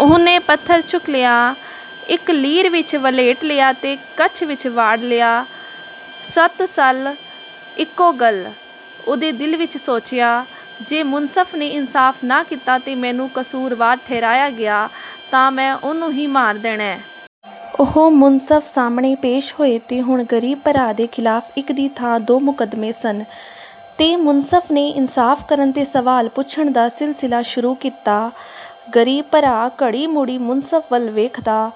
ਉਹਨੇ ਪੱਥਰ ਚੁੱਕ ਲਿਆ, ਇੱਕ ਲੀਰ ਵਿੱਚ ਵਲ੍ਹੇਟ ਲਿਆ ਤੇ ਕੱਛ ਵਿੱਚ ਵਾੜ ਲਿਆ। "ਸਤ ਸੱਲ, ਇਕੋ ਗੱਲ," ਉਹਦੇ ਦਿਲ ਵਿੱਚ ਸੋਚਿਆ। "ਜੇ ਮੁਨਸਫ਼ ਨੇ ਇਨਸਾਫ਼ ਨਾ ਕੀਤਾ ਤੇ ਮੈਨੂੰ ਕਸੂਰਵਾਰ ਠਹਿਰਾਇਆ ਗਿਆ, ਤਾਂ ਮੈਂ ਉਹਨੂੰ ਵੀ ਮਾਰ ਦੇਣੈ।" ਉਹ ਮੁਨਸਫ਼ ਸਾਹਮਣੇ ਪੇਸ਼ ਹੋਏ ਤੇ ਹੁਣ ਗ਼ਰੀਬ ਭਰਾ ਦੇ ਖ਼ਿਲਾਫ਼ ਇਕ ਦੀ ਥਾਂ ਦੋ ਮੁਕੱਦਮੇ ਸਨ। ਤੇ ਮੁਨਸਫ਼ ਨੇ ਇਨਸਾਫ਼ ਕਰਨ ਤੇ ਸਵਾਲ ਪੁੱਛਣ ਦਾ ਸਿਲਸਿਲਾ ਸ਼ੁਰੂ ਕੀਤਾ। ਗ਼ਰੀਬ ਭਰਾ ਘੜੀ-ਮੁੜੀ ਮੁਨਸਫ਼ ਵੱਲ ਵੇਖਦਾ,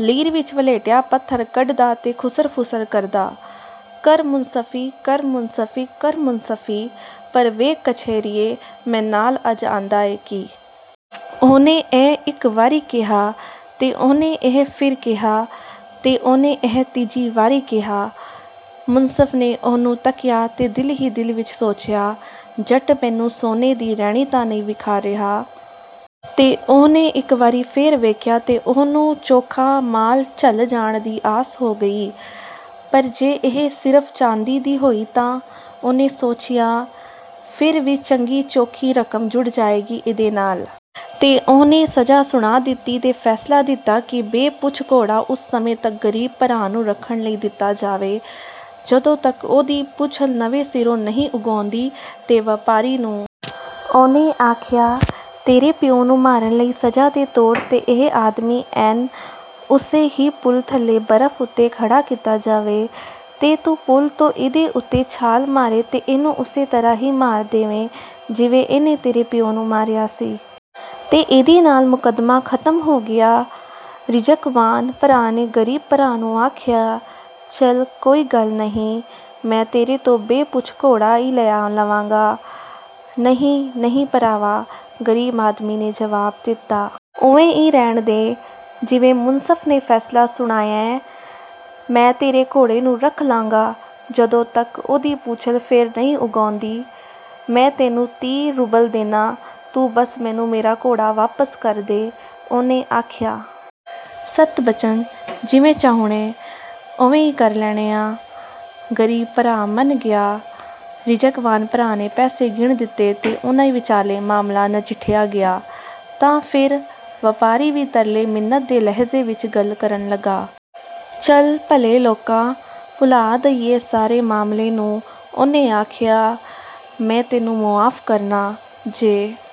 ਲੀਰ ਵਿੱਚ ਵਲ੍ਹੇਟਿਆ ਪੱਥਰ ਕੱਢਦਾ ਤੇ ਖੁਸਰ-ਫੁਸਰ ਕਰਦਾ, "ਕਰ ਮੁਨਸਫ਼ੀ, ਕਰ ਮੁਨਸਫ਼ੀ, ਕਰ ਮੁਨਸਫ਼ੀ, ਪਰ ਵੇਖ ਕਚਹਿਰੀਏ, ਮੈਂ ਨਾਲ ਅੱਜ ਆਂਦਾ ਏ ਕੀ!" ਉਹਨੇ ਇਹ ਇੱਕ ਵਾਰੀ ਕਿਹਾ, ਤੇ ਉਹਨੇ ਇਹ ਫੇਰ ਕਿਹਾ, ਤੇ ਉਹਨੇ ਇਹ ਤੀਜੀ ਵਾਰੀ ਕਿਹਾ। ਮੁਨਸਫ਼ ਨੇ ਉਹਨੂੰ ਤੱਕਿਆ ਤੇ ਦਿਲ ਹੀ ਦਿਲ ਵਿੱਚ ਸੋਚਿਆ, "ਜੱਟ ਮੈਨੂੰ ਸੋਨੇ ਦੀ ਰੈਣੀ ਤਾਂ ਨਹੀਂ ਵਿਖਾ ਰਿਹਾ?" ਤੇ ਉਹਨੇ ਇੱਕ ਵਾਰੀ ਫੇਰ ਵੇਖਿਆ ਤੇ ਉਹਨੂੰ ਚੋਖਾ ਮਾਲ ਝੱਲ ਜਾਣ ਦੀ ਆਸ ਹੋ ਗਈ। "ਪਰ ਜੇ ਇਹ ਸਿਰਫ਼ ਚਾਂਦੀ ਦੀ ਹੋਈ ਤਾਂ," ਉਹਨੇ ਸੋਚਿਆ, "ਫੇਰ ਵੀ ਚੰਗੀ-ਚੋਖੀ ਰਕਮ ਜੁੜ ਜਾਏਗੀ ਇਹਦੇ ਨਾਲ।" ਤੇ ਉਹਨੇ ਸਜ਼ਾ ਸੁਣਾ ਦਿੱਤੀ ਤੇ ਫ਼ੈਸਲਾ ਦਿੱਤਾ ਕਿ ਬੇ-ਪੂਛ ਘੋੜਾ ਉਸ ਸਮੇਂ ਤੱਕ ਗ਼ਰੀਬ ਭਰਾ ਨੂੰ ਰੱਖਣ ਲਈ ਦਿੱਤਾ ਜਾਵੇ, ਜਦੋਂ ਤੱਕ ਉਹਦੀ ਪੂਛਲ ਨਵੇਂ ਸਿਰੋਂ ਨਹੀਂ ਉੱਗ ਆਉਂਦੀ। ਤੇ ਵਪਾਰੀ ਨੂੰ ਉਹਨੇ ਆਖਿਆ, "ਤੇਰੇ ਪਿਉ ਨੂੰ ਮਾਰਨ ਲਈ ਸਜ਼ਾ ਦੇ ਤੌਰ 'ਤੇ ਇਹ ਆਦਮੀ ਐਨ ਓਸੇ ਹੀ ਪੁਲ ਥੱਲੇ ਬਰਫ਼ ਉੱਤੇ ਖੜ੍ਹਾ ਕੀਤਾ ਜਾਵੇ, ਤੇ ਤੂੰ ਪੁਲ ਤੋਂ ਇਹਦੇ ਉੱਤੇ ਛਾਲ ਮਾਰੇਂ ਤੇ ਇਹਨੂੰ ਉਸੇ ਤਰ੍ਹਾਂ ਹੀ ਮਾਰ ਦੇਵੇਂ, ਜਿਵੇਂ ਇਹਨੇ ਤੇਰੇ ਪਿਓ ਨੂੰ ਮਾਰਿਆ ਸੀ।" ਤੇ ਇਹਦੇ ਨਾਲ ਮੁਕੱਦਮਾ ਖ਼ਤਮ ਹੋ ਗਿਆ। ਰਿਜ਼ਕਵਾਨ ਭਰਾ ਨੇ ਗ਼ਰੀਬ ਭਰਾ ਨੂੰ ਆਖਿਆ, "ਚੱਲ, ਕੋਈ ਗੱਲ ਨਹੀਂ, ਮੈਂ ਤੇਰੇ ਤੋਂ ਬੇ-ਪੂਛ ਘੋੜਾ ਈ ਲੈ ਲਵਾਂਗਾ।""ਨਹੀਂ, ਨਹੀਂ, ਭਰਾਵਾ," ਗ਼ਰੀਬ ਆਦਮੀ ਨੇ ਜਵਾਬ ਦਿੱਤਾ। "ਉਵੇਂ ਈ ਰਹਿਣ ਦੇ, ਜਿਵੇਂ ਮੁਨਸਫ਼ ਨੇ ਫ਼ੈਸਲਾ ਸੁਣਾਇਐ। ਮੈਂ ਤੇਰੇ ਘੋੜੇ ਨੂੰ ਰੱਖ ਲਾਂਗਾ, ਜਦੋਂ ਤੱਕ ਉਹਦੀ ਪੂਛਲ ਫੇਰ ਨਹੀਂ ਉੱਗ ਆਉਂਦੀ।" "ਮੈਂ ਤੈਨੂੰ ਤੀਹ ਰੂਬਲ ਦੇਨਾਂ, ਤੂੰ ਬਸ ਮੈਨੂੰ ਮੇਰਾ ਘੋੜਾ ਵਾਪਸ ਕਰ ਦੇ," ਉਹਨੇ ਆਖਿਆ। "ਸਤ ਬਚਨ, ਜਿਵੇਂ ਚਾਹੁਣੈ, ਉਵੇਂ ਈ ਕਰ ਲੈਣੇ ਆਂ," ਗ਼ਰੀਬ ਭਰਾ ਮੰਨ ਗਿਆ। ਰਿਜ਼ਕਵਾਨ ਭਰਾ ਨੇ ਪੈਸੇ ਗਿਣ ਦਿੱਤੇ ਤੇ ਉਹਨਾਂ ਵਿਚਾਲੇ ਮਾਮਲਾ ਨਜਿੱਠਿਆ ਗਿਆ। ਤਾਂ ਫੇਰ, ਵਪਾਰੀ ਵੀ ਤਰਲੇ-ਮਿੰਨਤ ਦੇ ਲਹਿਜ਼ੇ ਵਿੱਚ ਗੱਲ ਕਰਨ ਲੱਗਾ। "ਚੱਲ, ਭਲੇ ਲੋਕਾ, ਭੁਲਾ ਦਈਏ ਏਸ ਸਾਰੇ ਮਾਮਲੇ ਨੂੰ," ਉਹਨੇ ਆਖਿਆ। "ਮੈਂ ਤੈਨੂੰ ਮੁਆਫ਼ ਕਰਨਾ। ਜੇ